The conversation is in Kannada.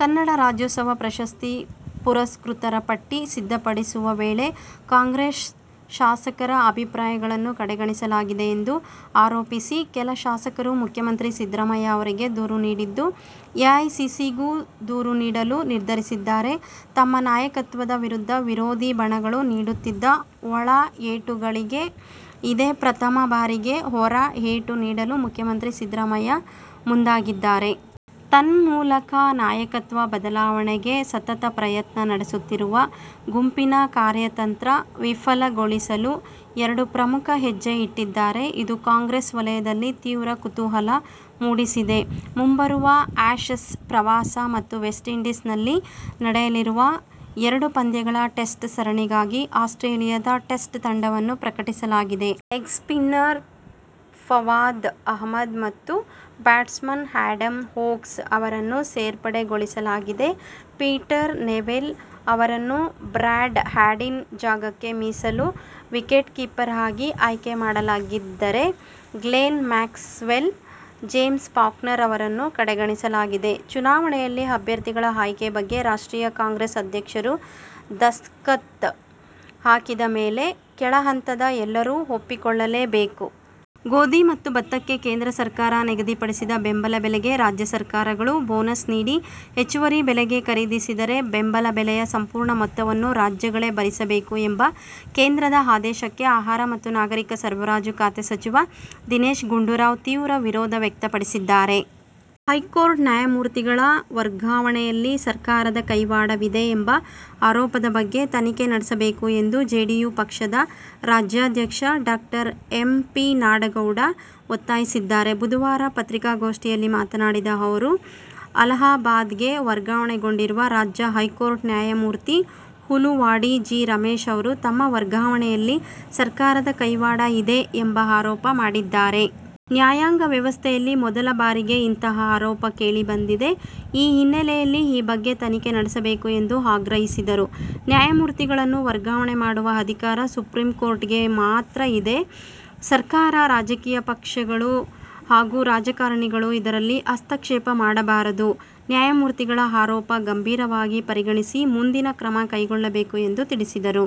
ಕನ್ನಡ ರಾಜ್ಯೋತ್ಸವ ಪ್ರಶಸ್ತಿ ಪುರಸ್ಕೃತರ ಪಟ್ಟಿ ಸಿದ್ಧಪಡಿಸುವ ವೇಳೆ ಕಾಂಗ್ರೆಸ್ ಶಾಸಕರ ಅಭಿಪ್ರಾಯಗಳನ್ನು ಕಡೆಗಣಿಸಲಾಗಿದೆ ಎಂದು ಆರೋಪಿಸಿ ಕೆಲ ಶಾಸಕರು ಮುಖ್ಯಮಂತ್ರಿ ಸಿದ್ದರಾಮಯ್ಯ ಅವರಿಗೆ ದೂರು ನೀಡಿದ್ದು, ಎಐಸಿಸಿಗೂ ದೂರು ನೀಡಲು ನಿರ್ಧರಿಸಿದ್ದಾರೆ. ತಮ್ಮ ನಾಯಕತ್ವದ ವಿರುದ್ಧ ವಿರೋಧಿ ಬಣಗಳು ನೀಡುತ್ತಿದ್ದ "ಒಳ ಏಟು'ಗಳಿಗೆ ಇದೇ ಪ್ರಥಮ ಬಾರಿಗೆ "ಹೊರ ಏಟು' ನೀಡಲು ಮುಖ್ಯಮಂತ್ರಿ ಸಿದ್ದರಾಮಯ್ಯ ಮುಂದಾಗಿದ್ದಾರೆ. ತನ್ಮೂಲಕ ನಾಯಕತ್ವ ಬದಲಾವಣೆಗೆ ಸತತ ಪ್ರಯತ್ನ ನಡೆಸುತ್ತಿರುವ ಗುಂಪಿನ ಕಾರ್ಯತಂತ್ರ ವಿಫಲಗೊಳಿಸಲು ಎರಡು ಪ್ರಮುಖ ಹೆಜ್ಜೆ ಇಟ್ಟಿದ್ದಾರೆ. ಇದು ಕಾಂಗ್ರೆಸ್ ವಲಯದಲ್ಲಿ ತೀವ್ರ ಕುತೂಹಲ ಮೂಡಿಸಿದೆ. ಮುಂಬರುವ ಆ್ಯಶಸ್ ಪ್ರವಾಸ ಮತ್ತು ವೆಸ್ಟ್ಇಂಡೀಸ್ನಲ್ಲಿ ನಡೆಯಲಿರುವ ಎರಡು ಪಂದ್ಯಗಳ ಟೆಸ್ಟ್ ಸರಣಿಗಾಗಿ ಆಸ್ಟ್ರೇಲಿಯದ ಟೆಸ್ಟ್ ತಂಡವನ್ನು ಪ್ರಕಟಿಸಲಾಗಿದೆ. ಲೆಗ್ಸ್ಪಿನ್ನರ್ ಫವಾದ್ ಅಹ್ಮದ್ ಮತ್ತು ಬ್ಯಾಟ್ಸ್ಮನ್ ಆ್ಯಡಮ್ ವೋಗ್ಸ್ ಅವರನ್ನು ಸೇರ್ಪಡೆಗೊಳಿಸಲಾಗಿದೆ. ಪೀಟರ್ ನೆವಿಲ್ ಅವರನ್ನು ಬ್ರಾಡ್ ಹ್ಯಾಡಿನ್ ಜಾಗಕ್ಕೆ ಮೀಸಲು ವಿಕೆಟ್ಕೀಪರ್ ಆಗಿ ಆಯ್ಕೆ ಮಾಡಲಾಗಿದ್ದರೆ ಗ್ಲೆನ್ ಮ್ಯಾಕ್ಸ್ವೆಲ್, ಜೇಮ್ಸ್ ಫಾಕ್ನರ್ ಅವರನ್ನು ಕಡೆಗಣಿಸಲಾಗಿದೆ. ಚುನಾವಣೆಯಲ್ಲಿ ಅಭ್ಯರ್ಥಿಗಳ ಆಯ್ಕೆ ಬಗ್ಗೆ ರಾಷ್ಟ್ರೀಯ ಕಾಂಗ್ರೆಸ್ ಅಧ್ಯಕ್ಷರು ದಸ್ತಕತ್ ಹಾಕಿದ ಮೇಲೆ ಕೆಳ ಹಂತದ ಎಲ್ಲರೂ ಒಪ್ಪಿಕೊಳ್ಳಲೇಬೇಕು. ಗೋಧಿ ಮತ್ತು ಭತ್ತಕ್ಕೆ ಕೇಂದ್ರ ಸರಕಾರ ನಿಗದಿಪಡಿಸಿದ ಬೆಂಬಲ ಬೆಲೆಗೆ ರಾಜ್ಯ ಸರಕಾರ ಗಳು ಬೋನಸ್ ನೀಡಿ ಹೆಚ್ಚುವರಿ ಬೆಲೆಗೆ ಖರೀದಿಸಿದರೆ ಬೆಂಬಲ ಬೆಲೆಯ ಸಂಪೂರ್ಣ ಮೊತ್ತವನ್ನು ರಾಜ್ಯಗಳೇ ಭರಿಸಬೇಕು ಎಂಬ ಕೇಂದ್ರದ ಆದೇಶಕ್ಕೆ ಆಹಾರ ಮತ್ತು ನಾಗರಿಕ ಸರಬರಾಜು ಖಾತೆ ಸಚಿವ ದಿನೇಶ್ ಗುಂಡೂರಾವ್ ತೀವ್ರ ವಿರೋಧ ವ್ಯಕ್ತಪಡಿಸಿದ್ದಾರೆ. ಹೈಕೋರ್ಟ್ ನ್ಯಾಯಮೂರ್ತಿಗಳ ವರ್ಗಾವಣೆಯಲ್ಲಿ ಸರ್ಕಾರದ ಕೈವಾಡವಿದೆ ಎಂಬ ಆರೋಪದ ಬಗ್ಗೆ ತನಿಖೆ ನಡೆಸಬೇಕು ಎಂದು ಜೆಡಿಯು ಪಕ್ಷದ ರಾಜ್ಯಾಧ್ಯಕ್ಷ ಡಾ. ಎಂ. ಪಿ. ನಾಡಗೌಡ ಒತ್ತಾಯಿಸಿದ್ದಾರೆ. ಬುಧವಾರ ಪತ್ರಿಕಾಗೋಷ್ಠಿಯಲ್ಲಿ ಮಾತನಾಡಿದ ಅವರು, ಅಲಹಾಬಾದ್ಗೆ ವರ್ಗಾವಣೆಗೊಂಡಿರುವ ರಾಜ್ಯ ಹೈಕೋರ್ಟ್ ನ್ಯಾಯಮೂರ್ತಿ ಹುಲುವಾಡಿ ಜಿ. ರಮೇಶ್ ಅವರು ತಮ್ಮ ವರ್ಗಾವಣೆಯಲ್ಲಿ ಸರ್ಕಾರದ ಕೈವಾಡ ಇದೆ ಎಂಬ ಆರೋಪ ಮಾಡಿದ್ದಾರೆ. ನ್ಯಾಯಾಂಗ ವ್ಯವಸ್ಥೆಯಲ್ಲಿ ಮೊದಲ ಬಾರಿಗೆ ಇಂತಹ ಆರೋಪ ಕೇಳಿ ಬಂದಿದೆ. ಈ ಹಿನ್ನೆಲೆಯಲ್ಲಿ ಈ ಬಗ್ಗೆ ತನಿಖೆ ನಡೆಸಬೇಕು ಎಂದು ಆಗ್ರಹಿಸಿದರು. ನ್ಯಾಯಮೂರ್ತಿಗಳನ್ನು ವರ್ಗಾವಣೆ ಮಾಡುವ ಅಧಿಕಾರ ಸುಪ್ರೀಂಕೋರ್ಟ್ಗೆ ಮಾತ್ರ ಇದೆ. ಸರ್ಕಾರ, ರಾಜಕೀಯ ಪಕ್ಷಗಳು ಹಾಗೂ ರಾಜಕಾರಣಿಗಳು ಇದರಲ್ಲಿ ಹಸ್ತಕ್ಷೇಪ ಮಾಡಬಾರದು. ನ್ಯಾಯಮೂರ್ತಿಗಳ ಆರೋಪ ಗಂಭೀರವಾಗಿ ಪರಿಗಣಿಸಿ ಮುಂದಿನ ಕ್ರಮ ಕೈಗೊಳ್ಳಬೇಕು ಎಂದು ತಿಳಿಸಿದರು.